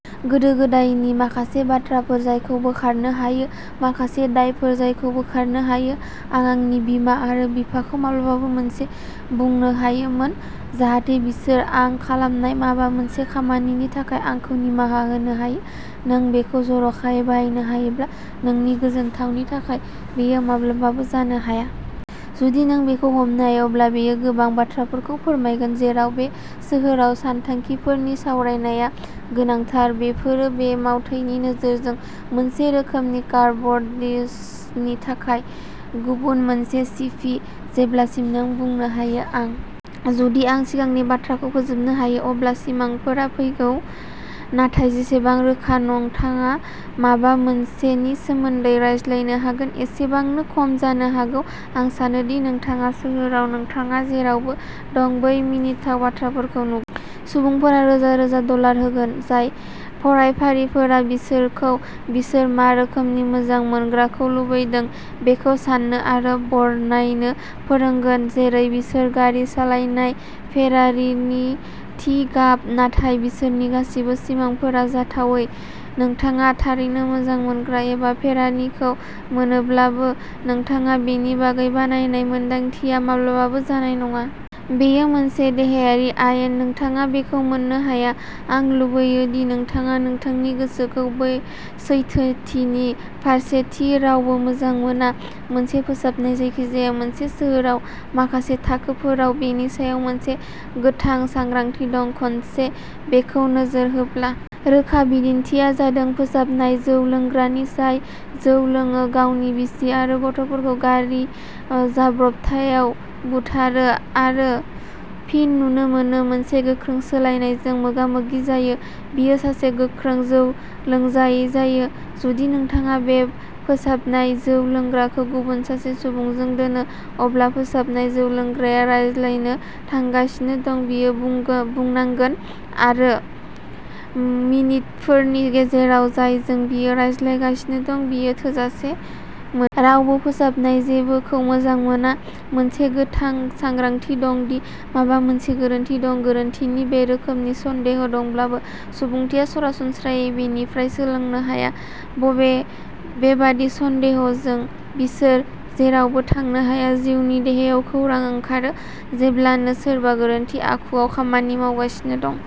गोदो-गोदायनि माखासे बाथ्राफोर जायखौ बोखारनो हायो, माखासे दायफोर जायखौ बोखारनो हायो। "आं आंनि बिमा आरो बिफाखौ माबा मोनसे बुंनो हायोमोन, जाहाथे बिसोर आं खालामनाय माबा मोनसे खामानिनि थाखाय आंखौ निमाहा होनो हायो!" नों बेखौ जर'खायै बानायनो हायोब्ला, नोंनि गोजोनथावनि थाखाय, बेयो माब्लाबाबो जानो हाया। जुदि नों बेखौ हमनो हायो, अब्ला बेयो गोबां, गोबां बाथ्राफोरखौ फोरमायगोन। जेराव बे सोहोराव सानथांखिफोरनि सावरायनाया गोनांथार, बेफोरो, बे मावथायनि नोजोरजों, मोनसे रोखोमनि काबार्डिसनि थाखाय गुबुन मोनसे सिफि। जेब्लासिम नों बुंनो हायो, "आं जुदि आं सिगांनि बाथ्राखौ फोजोबनो हायो, अब्ला सिमांफोरा फैगोन।" नाथाय जेसेबां रोखा नोंथाङा माबा मोनसेनि सोमोन्दै रायज्लायनो हागोन, एसेबांनो खम जानो हागौ। आं सानो दि नोंथाङा सोहोराव नोंथाङा जेरावबो दं, बै मिनिथाव बाथ्राफोरखौ नु सुबुंफोरा रोजा रोजा डलार होगोन, जाय फरायफारिफोरा बिसोरखौ बिसोर मा रोखोमनि मोजां मोनग्राखौ लुबैदों बेखौ सान्नो आरो बरनायनो फोरोंगोन, जेरै बिसोर गारि सालायनाय फेरारीनि थि गाब। नाथाय बिसोरनि गासैबो सिमांफोरा जाथावै। नोंथाङा थारैनो मोजां मोनग्रा एबा फेरारिखौ मोनोब्लाबो, नोंथाङा बेनि बागै बानायनाय मोन्दांथिया माब्लाबाबो जानाय नङा। बेयो मोनसे देहायारि आयेन-- नोंथाङा बेखौ मोन्नो हाया। आं लुबैयो दि नोंथाङा नोंथांनि गोसोखौ बे सैथोथिनि फारसे दि रावबो मोजां मोना। मोनसे फोसाबनाय जायखिजाया मोनसे। सोहोराव माखासे थाखोफोराव बेनि सायाव मोनसे गोथां सांग्रांथि दं, खनसे बेखौ नोजोर होब्ला। रोखा बिदिन्थिआ जादों फोसाबनाय जौ लोंग्रानि-- जाय जौ लोङो, गावनि बिसि आरो गथ'फोरखौ गारि ओ जाब्रबथायाव बुथारो, आरो फिन नुनो मोनो मोनसे गोख्रों सोलायनायजों मोगा-मोगि जायो। बियो सासे गोख्रों जौ लोंजायै जायो। जुदि नोंथाङा बे फोसाबनाय जौ लोंग्राखौ गुबुन सासे सुबुंजों दोनो, अब्ला फोसाबनाय जौ लोंग्राया रायज्लायनो थांगासिनो दं-- बियो बुंगोन बुंनांगोन-- आरो मिनितफोरनि गेजेराव जायजों बियो रायज्लांगासिनो दं बियो थोजासे मो। रावबो फोसाबनाय जेबोखौ मोजां मोना। मोनसे गोथां सांग्रांथि दं दि माबा मोनसे गोरोन्थि दं। गोरोन्थिनि बे रोखोमनि सन्देह दंब्लाबो, सुबुंथिया सरासनस्रायै बेनिफ्राय सोलोंनो हाया बबे बेबादि सन्देहजों बिसोर जेरावबो थांनो हाया। जिउनि देहायाव खौरां ओंखारो। जेब्लानो सोरबा गोरोन्थि आखुआव खामानि मावगासिनो दं,